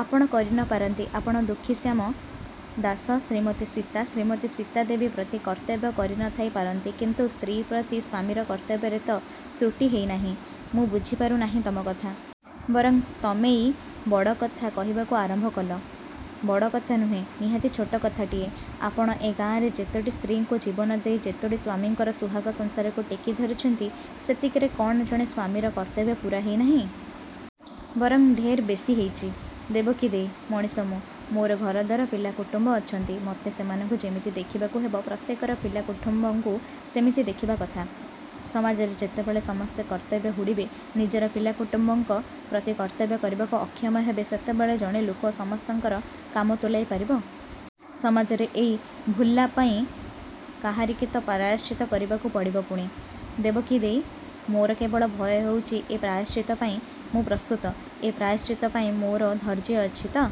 ଆପଣ କରି ନ ଥାଇ ପାରନ୍ତି। ଆପଣ ଦୁଃଖୀଶ୍ୟାମ ଦାଶ ଶ୍ରୀମତୀ ସୀତା ଶ୍ରୀମତି ସୀତା ଦେବୀ ପ୍ରତି କର୍ତ୍ତବ୍ୟ କରି ନ ଥାଇ ପାରନ୍ତି କିନ୍ତୁ ସ୍ତ୍ରୀ ପ୍ରତି ସ୍ୱାମୀର କର୍ତ୍ତବ୍ୟରେ ତ ତ୍ରୁଟି ହେଇନାହିଁ। ମୁଁ ବୁଝିପାରୁ ନାହିଁ ତମ କଥା। ବରଂ ତମେଇ ବଡ଼ କଥା କହିବାକୁ ଆରମ୍ଭ କଲ। ବଡ଼ କଥା ନୁହେଁ। ନିହାତି ଛୋଟ କଥାଟିଏ। ଆପଣ ଏ ଗାଁରେ ଯେତୋଟି ସ୍ତ୍ରୀଙ୍କୁ ଜୀବନ ଦେଇ ଯେତୋଟି ସ୍ୱାମୀଙ୍କର ସୁହାଗ ସଂସାରକୁ ଟେକି ଧରିଛନ୍ତି ସେତିକିରେ କଣ ଜଣେ ସ୍ୱାମୀର କର୍ତ୍ତବ୍ୟ ପୂରା ହେଇ ନାହିଁ। ବରଂ ଢେର୍ ବେଶି ହେଇଚି। ଦେବକୀ ଦେଈ, ମଣିଷ ମୁଁ ମୋର ଘରଦ୍ୱାର ପିଲା କୁଟୁମ୍ୱ ଅଛନ୍ତି। ମୋତେ ସେମାନଙ୍କୁ ଯେମିତି ଦେଖିବାକୁ ହେବ ପ୍ରତ୍ୟେକର ପିଲା କୁଠୁମ୍ୱଙ୍କୁ ସେମିତି ଦେଖିବା କଥା। ସମାଜରେ ଯେତେବେଳେ ସମସ୍ତେ କର୍ତ୍ତବ୍ୟ ହୁଡ଼ିବେ ନିଜର ପିଲା କୁଟୁମ୍ୱଙ୍କ ପ୍ରତି କର୍ତ୍ତବ୍ୟ କରିବାକୁ ଅକ୍ଷମ ହେବେ ସେତେବେଳେ ଜଣେ ଲୋକ ସମସ୍ତଙ୍କର କାମ ତୁଲାଇ ପାରିବ? ସମାଜର ଏଇ ଭୁଲ୍ପାଇଁ କାହାରିକି ତ ପ୍ରାୟଶ୍ଚିତ୍ତ କରିବାକୁ ପଡ଼ିବ ପୁଣି? ଦେବକୀ ଦେଈ ମୋର କେବଳ ଭୟ ହେଉଚି ଏ ପ୍ରାୟଶ୍ଚିତ୍ତ ପାଇଁ ମୁଁ ପ୍ରସ୍ତୁତ। ଏ ପ୍ରାୟଶ୍ଚିତ୍ତ ପାଇଁ ମୋର ଧୈର୍ଯ୍ୟ ଅଛି ତ?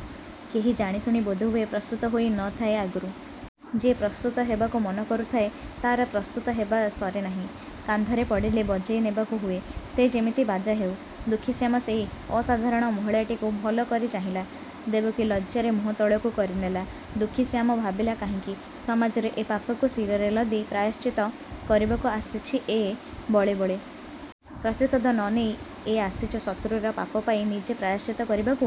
କେହି ଜାଣିଶୁଣି ବୋଧହୁଏ ପ୍ରସ୍ତୁତ ହୋଇ ନ ଥାଏ ଆଗରୁ। ଯିଏ ପ୍ରସ୍ତୁତ ହେବାକୁ ମନ କରୁଥାଏ ତାର ପ୍ରସ୍ତୁତ ହେବା ସରେ ନାହିଁ। କାନ୍ଧରେ ପଡ଼ିଲେ ବଜେଇ ନେବାକୁ ହୁଏ ସେ ଯେମିତି ବାଜା ହେଉ। ଦୁଃଖୀଶ୍ୟାମ ସେଇ ଅସାଧାରଣ ମହିଳାଟିକୁ ଭଲ କରି ଚାହିଁଲା। ଦେବକୀ ଲଜ୍ଜାରେ ମୁହଁ ତଳକୁ କରିନେଲା। ଦୁଃଖୀଶ୍ୟାମ ଭାବିଲା କାହିଁକି ସମାଜର ଏ ପାପକୁ ଶିରରେ ଲଦି ପ୍ରାୟଶ୍ଚିତ୍ତ କରିବାକୁ ଆସିଛି ଏ ବଳେ ବଳେ। ପ୍ରତିଶୋଧ ନ ନେଇ ଏ ଆସିଛ ଶତ୍ରୁର ପାପ ପାଇ ନିଜେ ପ୍ରାୟଶ୍ଚିତ୍ତ କରିବାକୁ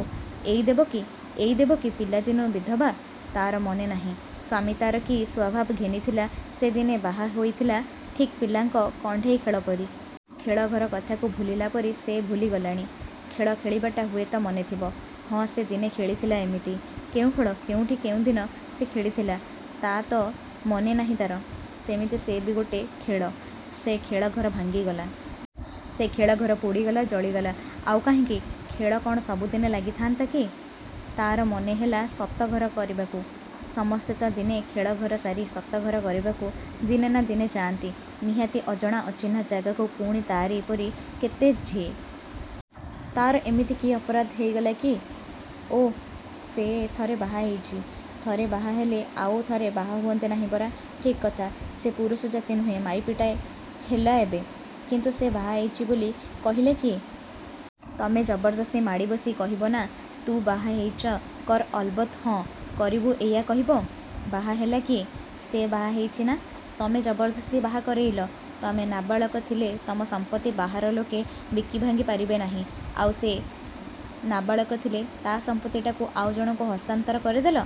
ଏଇ ଦେବକୀ, ଏଇ ଦେବକୀ। ପିଲାଦିନୁ ବିଧବା, ତାର ମନେ ନାହିଁ, ସ୍ୱାମୀ ତାର କି ସ୍ୱଭାବ ଘେନିଥିଲା ସେ ଦିନେ ବାହା ହୋଇଥିଲା ଠିକ୍ ପିଲାଙ୍କ କଣ୍ଢେଇ ଖେଳ ପରି। ଖେଳଘର କଥାକୁ ଭୁଲିଲା ପରି ସେ ଭୁଲି ଗଲାଣି। ଖେଳ ଖେଳିବାଟା ହୁଏତ ମନେଥିବ। ହଁ ସେ ଦିନେ ଖେଳିଥିଲା ଏତିକି। କେଉଁ ଖେଳ କେଉଁଠି କେଉଁଦିନ ସେ ଖେଳିଥିଲା, ତା ତ ମନେ ନାହିଁ ତାର। ସେମିତି ସେ ବି ଗୋଟେ ଖେଳ। ସେ ଖେଳଘର ଭାଙ୍ଗିଗଲା। ସେ ଖେଳଘର ପୋଡ଼ିଗଲା ଜଳିଗଲା। ଆଉ କାହିଁକି? ଖେଳ କଣ ସବୁଦିନେ ଲାଗି ଥାଆନ୍ତା କି? ତାର ମନେ ହେଲା ସତ ଘର କରିବାକୁ। ସମସ୍ତେ ତ ଦିନେ ଖେଳଘର ସାରି ସତ ଘର କରିବାକୁ ଦିନେ ନା ଦିନେ ଯାଆନ୍ତି ନିହାତି ଅଜଣା ଅଚିହ୍ନା ଜାଗାକୁ ପୁଣି ତା'ରି ପରି କେତେ ଝିଏ। ତାର ଏମିତି କି ଅପରାଧ ହେଇଗଲା କି? ଓଃ ସେ ଥରେ ବାହା ହେଇଚି। ଥରେ ବାହା ହେଲେ ଆଉ ଥରେ ବାହା ହୁଅନ୍ତି ନାହିଁ ପରା ଠିକ୍ କଥା। ସେ ପୁରୁଷ ଜାତି ନୁହେଁ ମାଇପିଟାଏ ହେଲା ଏବେ। କିନ୍ତୁ ସେ ବାହା ହେଇଚି ବୋଲି କହିଲା କିଏ? ତମେ ଜବରଦସ୍ତି ମାଡ଼ି ବସି କହିବନା ତୁ ବାହା ହେଇଚ କର ଅଲବତ୍ ହଁ କରିବୁ ଏଇୟା କହିବ, ବାହା ହେଲା କିଏ? ସେ ବାହା ହେଇଚି ନା ତମେ ଜବରଦସ୍ତି ବାହା କରେଇଲ? ତମେ ନାବାଳକ ଥିଲେ ତମ ସମ୍ପତ୍ତି ବାହାର ଲୋକେ ବିକି ଭାଙ୍ଗି ପାରିବେ ନାହିଁ ଆଉ ସେ ନାବାଳକ ଥିଲେ ତା ସମ୍ପତ୍ତିଟାକୁ ଆଉ ଜଣକୁ ହସ୍ତାନ୍ତର କରିଦେଲ?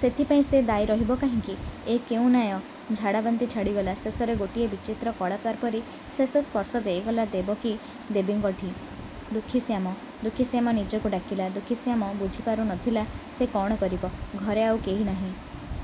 ସେଥିପାଇଁ ସେ ଦାୟୀ ରହିବ କାହିଁକି? ଏ କୋଉଁ ନ୍ୟାୟ? ଝାଡ଼ାବାନ୍ତି ଛାଡ଼ିଗଲା। ଶେଷରେ ଗୋଟିଏ ବିଚିତ୍ର କଳାକାର ପରି ଶେଷ ସ୍ପର୍ଶ ଦେଇଗଲା ଦେବକୀ ଦେବୀଙ୍କଠି। ଦୁଃଖୀଶ୍ୟାମ ଦୁଃଖୀଶ୍ୟାମ ନିଜକୁ ଡାକିଲା। ଦୁଃଖୀଶ୍ୟାମ ବୁଝିପାରୁ ନଥିଲା ସେ କଣ କରିବ। ଘରେ ଆଉ କେହି ନାହିଁ।